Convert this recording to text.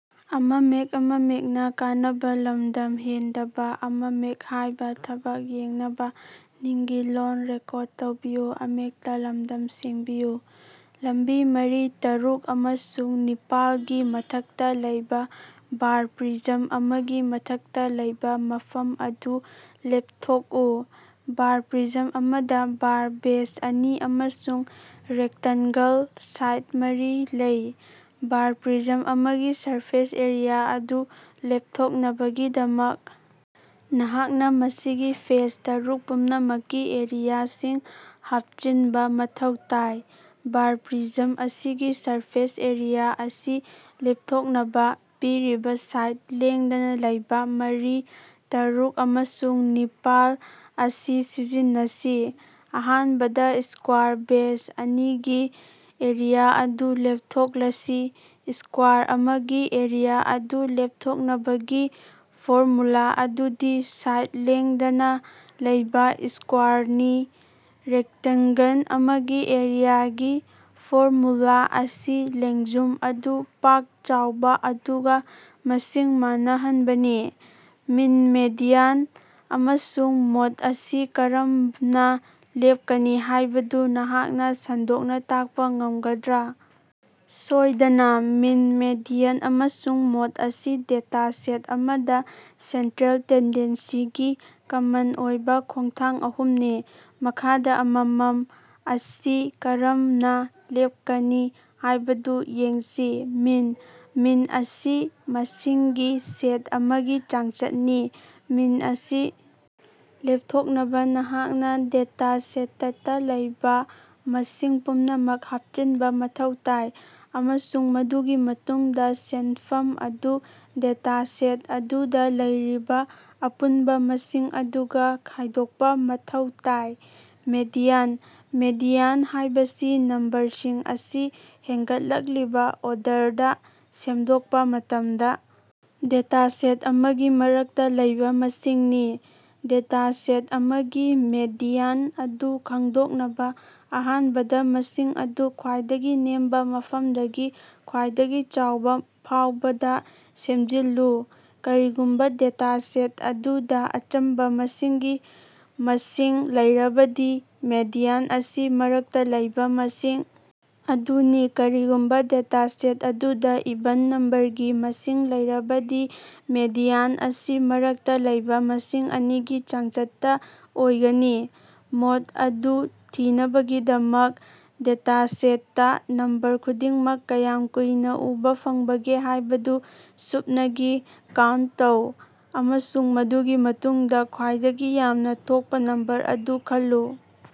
ꯂꯝꯕꯤ ꯃꯔꯤ, ꯇꯔꯨꯛ ꯑꯃꯁꯨꯡ ꯅꯤꯄꯥꯜꯒꯤ ꯃꯊꯛꯇ ꯂꯩꯕ ꯕꯥꯔ ꯄ꯭ꯔꯤꯖꯝ ꯑꯃꯒꯤ ꯃꯊꯛꯇ ꯂꯩꯕ ꯃꯐꯝ ꯑꯗꯨ ꯂꯦꯞꯊꯣꯛꯎ꯫ ꯕꯥꯔ ꯄ꯭ꯔꯤꯖꯝ ꯑꯃꯗ ꯕꯥꯔ ꯕꯦꯖ ꯑꯅꯤ ꯑꯃꯁꯨꯡ ꯔꯦꯛꯇꯟꯒꯜ ꯁꯥꯏꯗ ꯃꯔꯤ ꯂꯩ꯫ ꯕꯥꯔ ꯄ꯭ꯔꯤꯖꯝ ꯑꯃꯒꯤ ꯁꯔꯐꯦꯁ ꯑꯦꯔꯤꯌꯥ ꯑꯗꯨ ꯂꯦꯞꯊꯣꯛꯅꯕꯒꯤꯗꯃꯛ, ꯅꯍꯥꯛꯅ ꯃꯁꯤꯒꯤ ꯐꯦꯁ ꯇꯔꯨꯛ ꯄꯨꯝꯅꯃꯛꯀꯤ ꯑꯦꯔꯤꯌꯥꯁꯤꯡ ꯍꯥꯞꯆꯤꯟꯕ ꯃꯊꯧ ꯇꯥꯏ꯫ꯕꯥꯔ ꯄ꯭ꯔꯤꯖꯝ ꯑꯁꯤꯒꯤ ꯁꯔꯐꯦꯁ ꯑꯦꯔꯤꯌꯥ ꯑꯁꯤ ꯂꯦꯞꯊꯣꯛꯅꯕ, ꯄꯤꯔꯤꯕ ꯁꯥꯏꯗ ꯂꯦꯡꯗꯅ‌ ꯂꯩꯕ ꯃꯔꯤ, ꯇꯔꯨꯛ, ꯑꯃꯁꯨꯡ ꯅꯤꯄꯥꯟ ꯑꯁꯤ ꯁꯤꯖꯤꯟꯅꯁꯤ꯫ ꯑꯍꯥꯟꯕꯗ, ꯁꯀ꯭ꯋꯥꯔ ꯕꯦꯖ ꯑꯅꯤꯒꯤ ꯑꯦꯔꯤꯌꯥ ꯑꯗꯨ ꯂꯦꯞꯊꯣꯛꯂꯁꯤ: ꯁꯀ꯭ꯋꯥꯔ ꯑꯃꯒꯤ ꯑꯦꯔꯤꯌꯥ ꯑꯗꯨ ꯂꯦꯞꯊꯣꯛꯅꯕꯒꯤ ꯐꯣꯔꯃꯨꯂꯥ ꯑꯗꯨꯗꯤ ꯁꯥꯏꯗ ꯂꯦꯡꯗꯅ ꯂꯩꯕ ꯁ꯭ꯀꯣꯌꯔꯅꯤ꯫ ꯔꯦꯛꯇꯟꯒꯜ ꯑꯃꯒꯤ ꯑꯦꯔꯤꯌꯥꯒꯤ ꯐꯣꯔꯃꯨꯂꯥ ꯑꯁꯤ ꯂꯦꯡꯖꯨꯝ ꯑꯗꯨ ꯄꯥꯛ ꯆꯥꯎꯕ ꯑꯗꯨꯒ ꯃꯁꯤꯡ ꯃꯥꯟꯅꯍꯟꯕꯅꯤ꯫ ꯃꯤꯟ ꯃꯦꯗꯤꯌꯥꯟ ꯑꯃꯁꯨꯡ ꯃꯣꯗ ꯑꯁꯤ ꯀꯔꯝꯅ ꯂꯦꯞꯀꯅꯤ ꯍꯥꯏꯕꯗꯨ ꯅꯍꯥꯛꯅ ꯁꯟꯗꯣꯛꯅ ꯇꯥꯛꯄ ꯉꯝꯒꯗ꯭ꯔꯥ? ꯁꯣꯏꯗꯅ! ꯃꯤꯟ, ꯃꯦꯗꯤꯌꯥꯟ ꯑꯃꯁꯨꯡ ꯃꯣꯗ ꯑꯁꯤ ꯗꯦꯇꯥ ꯁꯦꯠ ꯑꯃꯗ ꯁꯦꯟꯇ꯭ꯔꯦꯜ ꯇꯦꯟꯗꯦꯟꯁꯤꯒꯤ ꯀꯃꯟ ꯑꯣꯏꯕ ꯈꯣꯡꯊꯥꯡ ꯑꯍꯨꯝꯅꯤ꯫ ꯃꯈꯥꯗ ꯑꯃꯃꯝ ꯑꯁꯤ ꯀꯔꯝꯅ ꯂꯦꯞꯀꯅꯤ ꯍꯥꯏꯕꯗꯨ ꯌꯦꯡꯁꯤ‌: ꯃꯤꯟ - ꯃꯤꯟ ꯑꯁꯤ ꯃꯁꯤꯡꯒꯤ ꯁꯦꯠ ꯑꯃꯒꯤ ꯆꯥꯡꯆꯠꯅꯤ꯫ ꯃꯤꯟ ꯑꯁꯤ ꯂꯦꯞꯊꯣꯛꯅꯕ, ꯅꯍꯥꯛꯅ ꯗꯦꯇꯥꯁꯦꯇꯠꯇ ꯂꯩꯕ ꯃꯁꯤꯡ ꯄꯨꯝꯅꯃꯛ ꯍꯥꯞꯆꯤꯟꯕ ꯃꯊꯧ ꯇꯥꯏ ꯑꯃꯁꯨꯡ ꯃꯗꯨꯒꯤ ꯃꯇꯨꯡꯗ ꯁꯦꯟꯐꯝ ꯑꯗꯨ ꯗꯦꯇꯥꯁꯦꯠ ꯑꯗꯨꯗ ꯂꯩꯔꯤꯕ ꯑꯄꯨꯟꯕ ꯃꯁꯤꯡ ꯑꯗꯨꯒ ꯈꯥꯏꯗꯣꯛꯄ ꯃꯊꯧ ꯇꯥꯏ꯫ ꯃꯦꯗꯤꯌꯥꯟ - ꯃꯦꯗꯤꯌꯥꯟ ꯍꯥꯏꯕꯁꯤ ꯅꯝꯕꯔꯁꯤꯡ ꯑꯁꯤ ꯍꯦꯟꯒꯠꯂꯛꯂꯤꯕ ꯑꯣꯔꯗꯔꯗ ꯁꯦꯝꯗꯣꯛꯄ ꯃꯇꯝꯗ ꯗꯦꯇꯥꯁꯦꯠ ꯑꯃꯒꯤ ꯃꯔꯛꯇ ꯂꯩꯕ ꯃꯁꯤꯡꯅꯤ꯫ ꯗꯦꯇꯥ ꯁꯦꯠ ꯑꯃꯒꯤ ꯃꯦꯗꯤꯌꯥꯟ ꯑꯗꯨ ꯈꯪꯗꯣꯛꯅꯕ, ꯑꯍꯥꯟꯕꯗ ꯃꯁꯤꯡ ꯑꯗꯨ ꯈ꯭ꯋꯥꯏꯗꯒꯤ ꯅꯦꯝꯕ ꯃꯐꯝꯗꯒꯤ ꯈ꯭ꯋꯥꯏꯗꯒꯤ ꯆꯥꯎꯕ ꯐꯥꯎꯕꯗ ꯁꯦꯝꯖꯤꯜꯂꯨ꯫ ꯀꯔꯤꯒꯨꯝꯕ ꯗꯦꯇꯥꯁꯦꯠ ꯑꯗꯨꯗ ꯑꯆꯝꯕ ꯃꯁꯤꯡꯒꯤ ꯃꯁꯤꯡ ꯂꯩꯔꯕꯗꯤ, ꯃꯦꯗꯤꯌꯥꯟ ꯑꯁꯤ ꯃꯔꯛꯇ ꯂꯩꯕ ꯃꯁꯤꯡ ꯑꯗꯨꯅꯤ꯫ ꯀꯔꯤꯒꯨꯝꯕꯥ ꯗꯦꯇꯥꯁꯦꯠ ꯑꯗꯨꯗ ꯏꯚꯟ ꯅꯝꯕꯔꯒꯤ ꯃꯁꯤꯡ ꯂꯩꯔꯕꯗꯤ, ꯃꯦꯗꯤꯌꯥꯟ ꯑꯁꯤ ꯃꯔꯛꯇ ꯂꯩꯕꯥ ꯃꯁꯤꯡ ꯑꯅꯤꯒꯤ ꯆꯥꯡꯆꯠꯇ ꯑꯣꯏꯒꯅꯤ꯫ ꯃꯣꯗ ꯑꯗꯨ ꯊꯤꯅꯕꯒꯤꯗꯃꯛ, ꯗꯦꯇꯥꯁꯦꯠꯇ ꯅꯝꯕꯔ ꯈꯨꯗꯤꯡꯃꯛ ꯀꯌꯥꯝ ꯀꯨꯏꯅ ꯎꯕꯥ ꯐꯪꯕꯒꯦ ꯍꯥꯏꯕꯗꯨ ꯁꯨꯞꯅꯒꯤ ꯀꯥꯎꯟꯇ ꯇꯧ, ꯑꯃꯁꯨꯡ ꯃꯗꯨꯒꯤ ꯃꯇꯨꯡꯗ ꯈ꯭ꯋꯥꯏꯗꯒꯤ ꯌꯥꯝꯅ ꯊꯣꯛꯄ ꯅꯝꯕꯔ ꯑꯗꯨ ꯈꯜꯂꯨ꯫